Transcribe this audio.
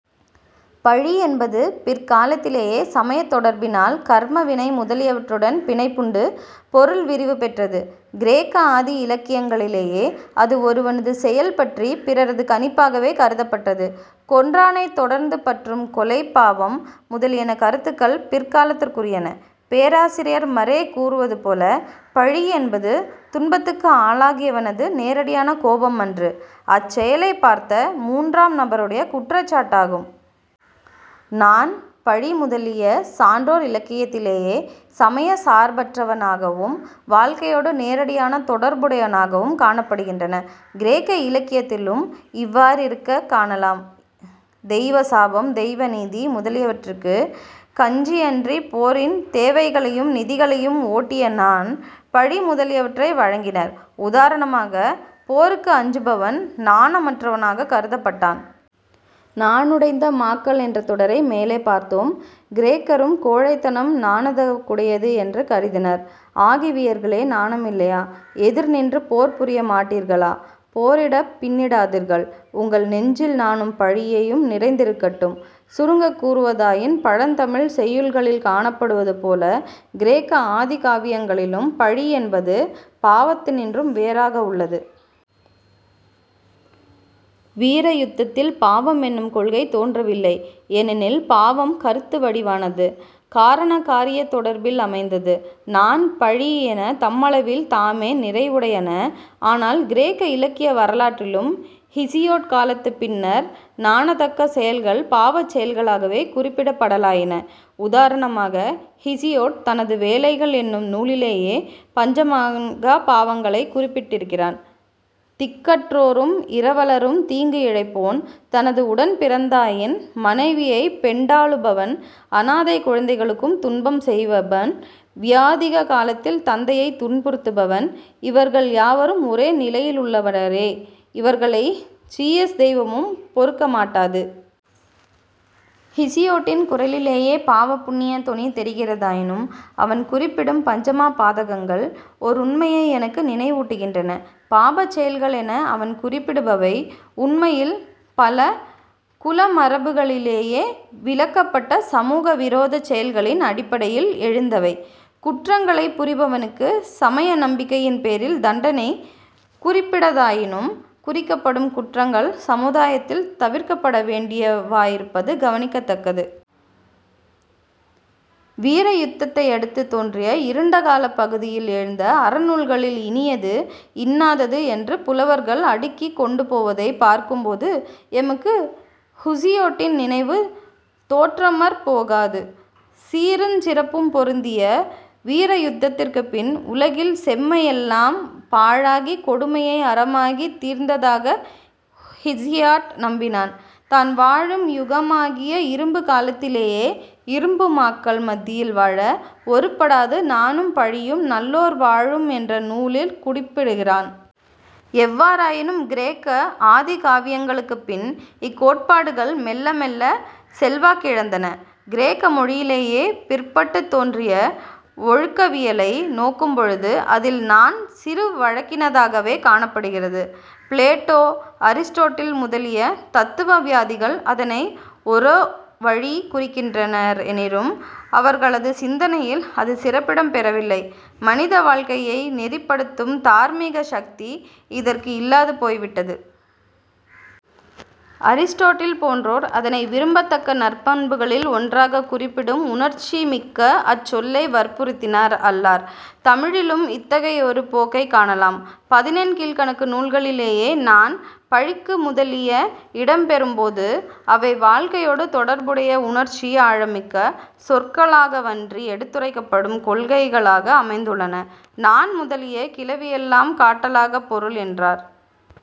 பழி என்பது பிற்காலத்திலே சமயத் தொடர்பினால், கர்ம வினை முதலியவற்றுடன் பிணைப்புண்டு பொருள் விரிவு பெற்றது. கிரேக்க ஆதி இலக்கியங்களிலே அது ஒருவனது செயல் பற்றிப் பிறரது கணிப்பாகவே கருதப்பட்டது. கொன்றானைத் தொடர்ந்து பற்றும் கொலைப் பாவம் முதலிய கருத்துகள் பிற்காலத்துக்குரியன. பேராசிரியர் மறே கூறுவது போல "பழி என்பது துன்பத்துக்கு ஆளாகியவனது நேரடியான கோபம் அன்று; அச்செயலைப் பார்த்த மூன்றாம் நபருடைய குற்றச் சாட்டாகும். " நாண், பழி முதலிய சான்றோர் இலக்கியத்திலே சமயச் சார்பற்றனவாகவும் வாழ்க்கையோடு நேரடியான தொடர்புடையனவாகவும் காணப்படுகின்றன. கிரேக்க இலக்கியத்திலும் இவ்வாறேயிருக்கக் காணலாம். தெய்வ சாபம், தெய்வ நீதி முதலியவற்றுக்கு கஞ்சியன்றி, போரின் தேவைகளையும் நிதிகளையும் ஒட்டியே நாண், பழி முதலியவற்றை வழங்கினர். உதாரணமாக, போருக்கு அஞ்சுபவன் நாணமற்றவனாகக் கருதப்பட்டான். 'நாணுடைந்த மாக்கள்' என்ற தொடரை மேலே பார்த்தோம். கிரேக்கரும் கோழைத்தனம் நாணதுவுடையது எனக் கருதினர். "ஆகிவியர்களே நாணமில்லையா? எதிர் நின்று போர் புரிய மாட்டீர்களா? " "போரிடப் பின்னிடாதீர்கள் உங்கள் நெஞ்சில் நாணும் பழியையும் நிறைந்திருக்கட்டும்" சுருங்கக் கூறுவதாயின், பழந்தமிழ்ச் செய்யுள்களில் காணப்படுவதுபோல கிரேக்க ஆதிகாவியங்களிலும் பழி என்பது பாவனத்தினின்றும் வேறாக உள்ளது. வீரயுத்தத்தில் பாவம் என்னும் கொள்கை தோன்றவில்லை. ஏனெனில் பாவம் கருத்து வடிவானது; காரணகாரியத் தொடர்பில் அமைந்தது. நாண், பழி என தம்மளவில் தாமே நிறையுடையன, ஆனால் கிரேக்க இலக்கிய வரலாற்றிலும் ஹீசியொட் காலத்துக்குப் பின்னர், நாணத்தக்க செயல்கள் பாவச் செயல்களாகவே குறிப்பிடபடலாயின. உதாரணமாக ஹீசியொட் தனது வேலைகள் என்னும் நூலிலேயே பஞ்சமா பாவங்களைக் குறிப்பிடுகிறான்: "திக்கற்றோருக்கும் இரவலருக்கும் தீங்கு இழைப்போன்; தனது உடன் பிறந்தாயின் மனைவியைப் பெண்டாளுபவன் " "அனாதைக் குழந்தைகளுக்குத் துன்பம் செய்பவன்;" "வியாதிக காலத்தில் தந்தையைத் துன்புறுத்துபவன்; இவர்கள் யாவரும் ஒரே நிலையிலுள்ளவரே, இவர்களைச் சீயஸ் தெய்வமும் பொறுக்கமாட்டாது. " ஹீசியொட்டின் குரலிலேயே பாவ, புண்ணிய தொனி தெரிகிறதாயினும், அவன் குறிப்பிடும் பஞ்சமா பாதங்கள் ஒருண்மையை எமக்கு நினைவூட்டுகின்றன. பாபச் செயல்கள் என அவன் குறிப்பிடுபவை, உண்மையில் பல குலமரபுக்கிளைகளிலே விலக்கப்பட்ட 'சமூக விரோத'ச் செயல்களின் அடிப்படையில் எழுந்தவை. குற்றங்களைப் புரிபவனுக்குச் சமய நம்பிக்கையின் பேரில் தண்டனை கூறிப்பிடதாயினும், குறிக்கப்படும் குற்றங்கள் சமுதாயத்தில் தவிர்க்கப்பட வேண்டியவாயிருப்பது கவனிக்கத் தக்கது. வீரயுத்தத்தையடுத்து தோன்றிய "இருண்ட காலப் பகுதி"யில் எழுந்த அறநூல்களில், இனியது, இன்னாதது என்று புலவர்கள் அடுக்கிக் கொண்டுபோவதைப் பார்க்கும்போது, எமக்கு ஹூசியொட்டின் நினைவு தோற்றமர் போகாது. சீருஞ் சிறப்பும் பொருந்திய வீரயுத்தத்திற்குப் பின் உலகில் 'செம்மையெல்லாம் பாழாகிக் கொடுமையே அறமாகித் தீர்ந்த'தாக ஹீசியொட் நம்பினான். தான் வாழும் யுகமாகிய இரும்புக் காலத்திலே இரும்பு மாக்கள் மத்தியில் வாழ ஒருப்படாது நாணும் பழியும் நல்லோர் வாழும் என்ற நூலிற் குறிப்பிடுகிறான். எவ்வாறாயினும் கிரேக்க ஆதிகாவியங்களுக்குப்பின் இக்கோட்பாடுகள் மெல்ல மெல்லச் செல்வாக்கிழந்தன. கிரேக்க மொழியிலே பிற்பட்டுத் தோன்றிய ஒழுக்கவியலை நோக்கும்பொழுது அதில் நாண் சிறு வழக்கினதாகவே காணப்படுகிறது. பிளேட்டோ, அரிஸ்டோட்டில் முதலிய தத்துவவாதிகள் அதனை ஒரோவழி குறிக்கின்றனரெனினும், அவர்களது சிந்தனையில் அது சிறப்பிடம் பெறவில்லை. மனிதவாழ்க்கையை நெறிப்படுத்தும் தார்மீக சக்தி இதற்கு இல்லாது போய்விட்டது. அரிஸ்டோட்டில் போன்றோர் அதனை விரும்பத்தக்க நற்பண்புகளில் ஒன்றாகக் குறிப்பிடும், உணர்ச்சிமிக்க அச்சொல்லை வற்புறுத்தினார் அல்லார். தமிழிலும் இத்தகையதொரு போக்கைக் காணலாம். பதினெண் கீழ்க்கணக்கு நூல்களிலேயே நாண், பழி முதலியன இடம்பெற்றபோதும், அவை வாழ்க்கையோடு தொடர்புடைய உணர்ச்சி ஆழமிக்க சொற்களாகவன்றி எடுத்துரைக்கப்படும் கொள்கைகளாக அமைந்துள்ளன. நாண் முதலிய "கிளவியெல்லாம் காட்டலாகப் பொருள்" என்றார்